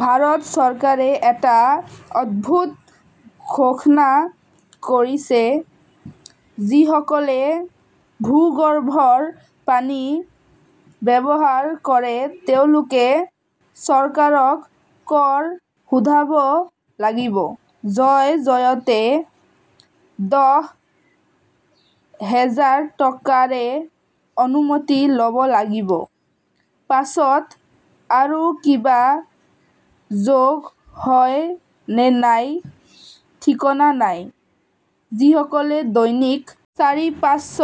ভাৰত চৰকাৰে এটা অদ্ভুত ঘোষণা কৰিছে, যিসকলে ভূগৰ্ভৰ পানী ব্যৱহাৰ কৰে তেওঁলোকে চৰকাৰক কৰ সোধাব লাগিব৷ জয়-জয়তে দহ হেজাৰ টকাৰে অনুমতি ল'ব লাগিব৷ পাছত আৰু কিবা যোগ হয় নে নাই ঠিকনা নাই৷ যিসকলে দৈনিক চাৰিপাঁচশ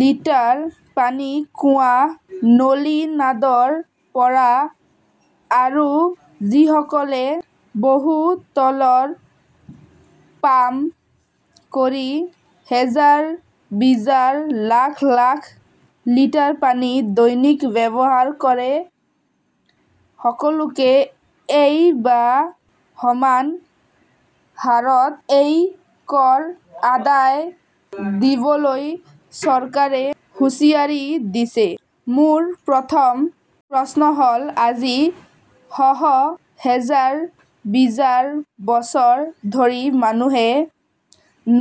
লিটাৰ পানী কুঁৱা নলীনাদৰ পৰা আৰু যিসকলে বহু তলৰ পাম কৰি হেজাৰ-বিজাৰ লাখ- লাখ লিটাৰ পানী দৈনিক ব্যৱহাৰ কৰে, সকলোকে এই বা সমান হাৰত এই কৰ আদায় দিবলৈ চৰকাৰে হুঁচিয়াৰী দিছে৷ মোৰ প্ৰথম প্ৰশ্ন হ'ল আজি শ শ হেজাৰ-বিজাৰ বছৰ ধৰি মানুহে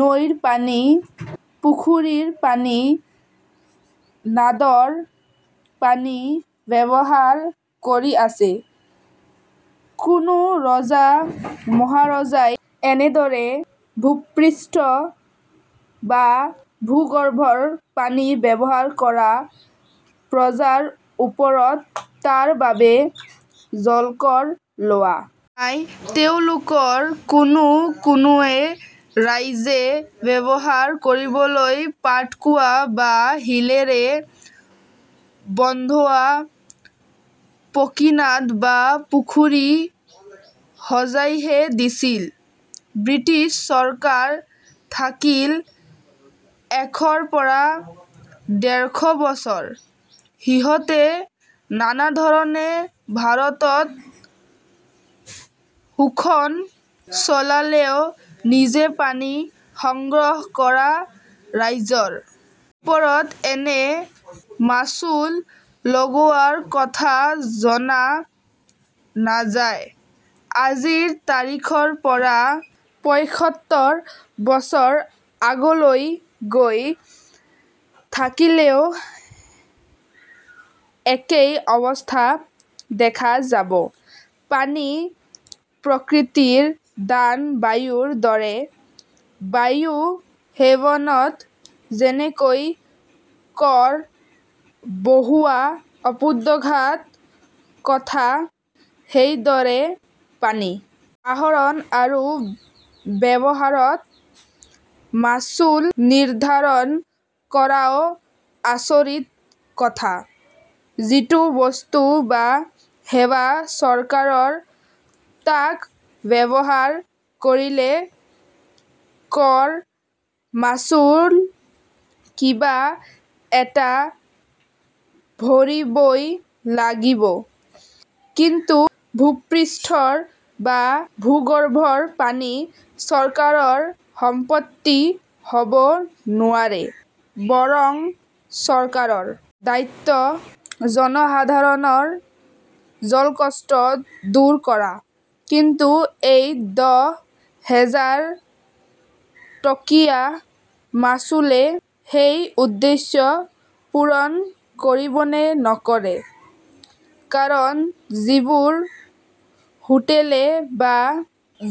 নৈৰ পানী পুখুৰীৰ পানী নাদৰ পানী ব্যৱহাৰ কৰি আছে৷ কোনো ৰজা-মহাৰজাই এনেদৰে ভূপৃষ্ঠ বা ভূগৰ্ভৰ পানী ব্যৱহাৰ কৰা প্ৰজাৰ ওপৰত তাৰ বাবে জলকৰ লোৱা নাই৷ তেওঁলোকৰ কোনো কোনোৱে ৰাইজে ব্যৱহাৰ কৰিবলৈ পাটকুঁৱা বা শিলেৰে বন্ধোৱা পকীনাদ বা পুখুৰী সজাইহে দিছিল৷ ব্ৰিটিছ চৰকাৰ থাকিল এশৰ পৰা ডেৰশ বছৰ৷ সিহঁতে নানাধৰণে ভাৰতত শোষণ চলালেও নিজে পানী সংগ্ৰহ কৰা ৰাইজৰ ওপৰত এনে মাছুল লগোৱাৰ কথা জনা নাযায়৷ আজিৰ তাৰিখৰ পৰা পয়সত্তৰ বছৰ আগলৈ গৈ থাকিলেও একেই অৱস্থা দেখা যাব৷ পানী প্ৰকৃতিৰ দান বায়ুৰ দৰে৷ বায়ু সেৱনত যেনেকৈ কৰ বহুৱা অপুদ্ঘাত কথা সেইদৰে পানী আহৰণ আৰু ব্যৱহাৰত মাছুল নিৰ্দ্ধাৰণ কৰাও আচৰিত কথা৷ যিটো বস্তু বা সেৱা চৰকাৰৰ তাক ব্যৱহাৰ কৰিলে কৰ মাছুল কিবা এটা ভৰিবই লাগিব৷ কিন্তু ভূপৃষ্ঠৰ বা ভূগৰ্ভৰ পানী চৰকাৰৰ সম্পত্তি হব নোৱাৰে৷ বৰং চৰকাৰৰ দায়িত্ব জনসাধাৰণৰ জলকষ্ট দূৰ কৰা৷ কিন্তু এই দহ হেজাৰ টকীয়া মাছুলে সেই উদ্দেশ্য পূৰণ কৰিবনে নকৰে৷ কাৰণ যিবোৰ হোটেলে বা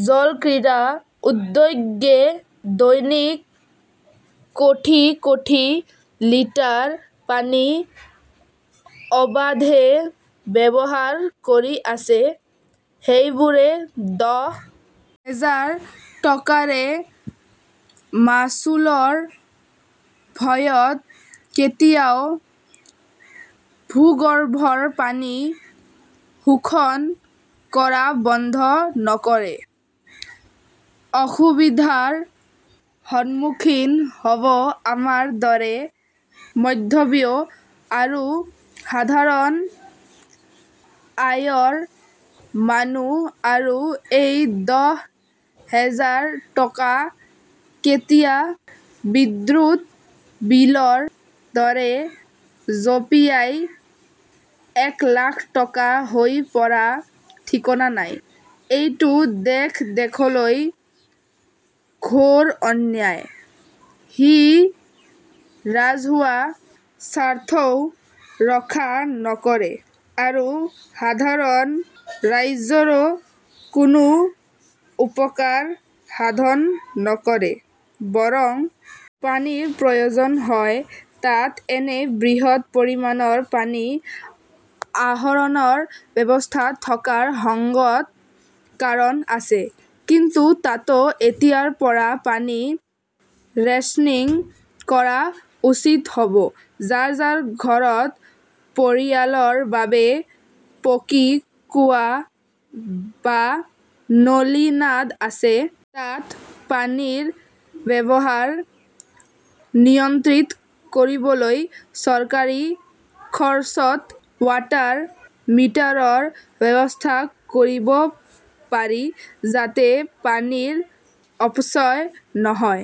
জলক্ৰীড়া উদ্যোগে দৈনিক কোটি কোটি লিটাৰ পানী অবাধে ব্যৱহাৰ কৰি আছে সেইবোৰে দহ হেজাৰ টকাৰে মাছুলৰ ভয়ত কেতিয়াও ভূগৰ্ভৰ পানী শোষণ কৰা বন্ধ নকৰে৷ অসুবিধাৰ সন্মুখীন হব আমাৰ দৰে মধ্যবিত্ত আৰু সাধাৰণ আয়ৰ মানুহ আৰু এই দহ হেজাৰ টকা কেতিয়া বিদ্যুৎ বিলৰ দৰে জঁপিয়াই এক লাখ টকা হৈ পৰা ঠিকনা নাই৷ এইটো দেখ-দেখকৈ ঘোৰ অন্যায়৷ সি ৰাজহুৱা স্বাৰ্থও ৰক্ষা নকৰে আৰু সাধাৰণ ৰাইজৰো কোনো উপকাৰ সাধন নকৰে ।বৰং পানীৰ প্ৰয়োজন হয়৷ তাত এনে বৃহৎ পৰিমাণৰ পানী আহৰণৰ ব্যৱস্থা থকাৰ সংগত কাৰণ আছে৷ কিন্তু তাতো এতিয়াৰ পৰা পানী ৰেছনিং কৰা উচিত হ'ব৷ যাৰ যাৰ ঘৰত পৰিয়ালৰ বাবে পকী কুঁৱা বা নলীনাদ আছে তাত পানীৰ ব্যৱহাৰ নিয়ন্ত্ৰিত কৰিবলৈ চৰকাৰী খৰচত ৱাটাৰ মিটাৰৰ ব্যৱস্থা কৰিব পাৰি যাতে পানীৰ অপচয় নহয়৷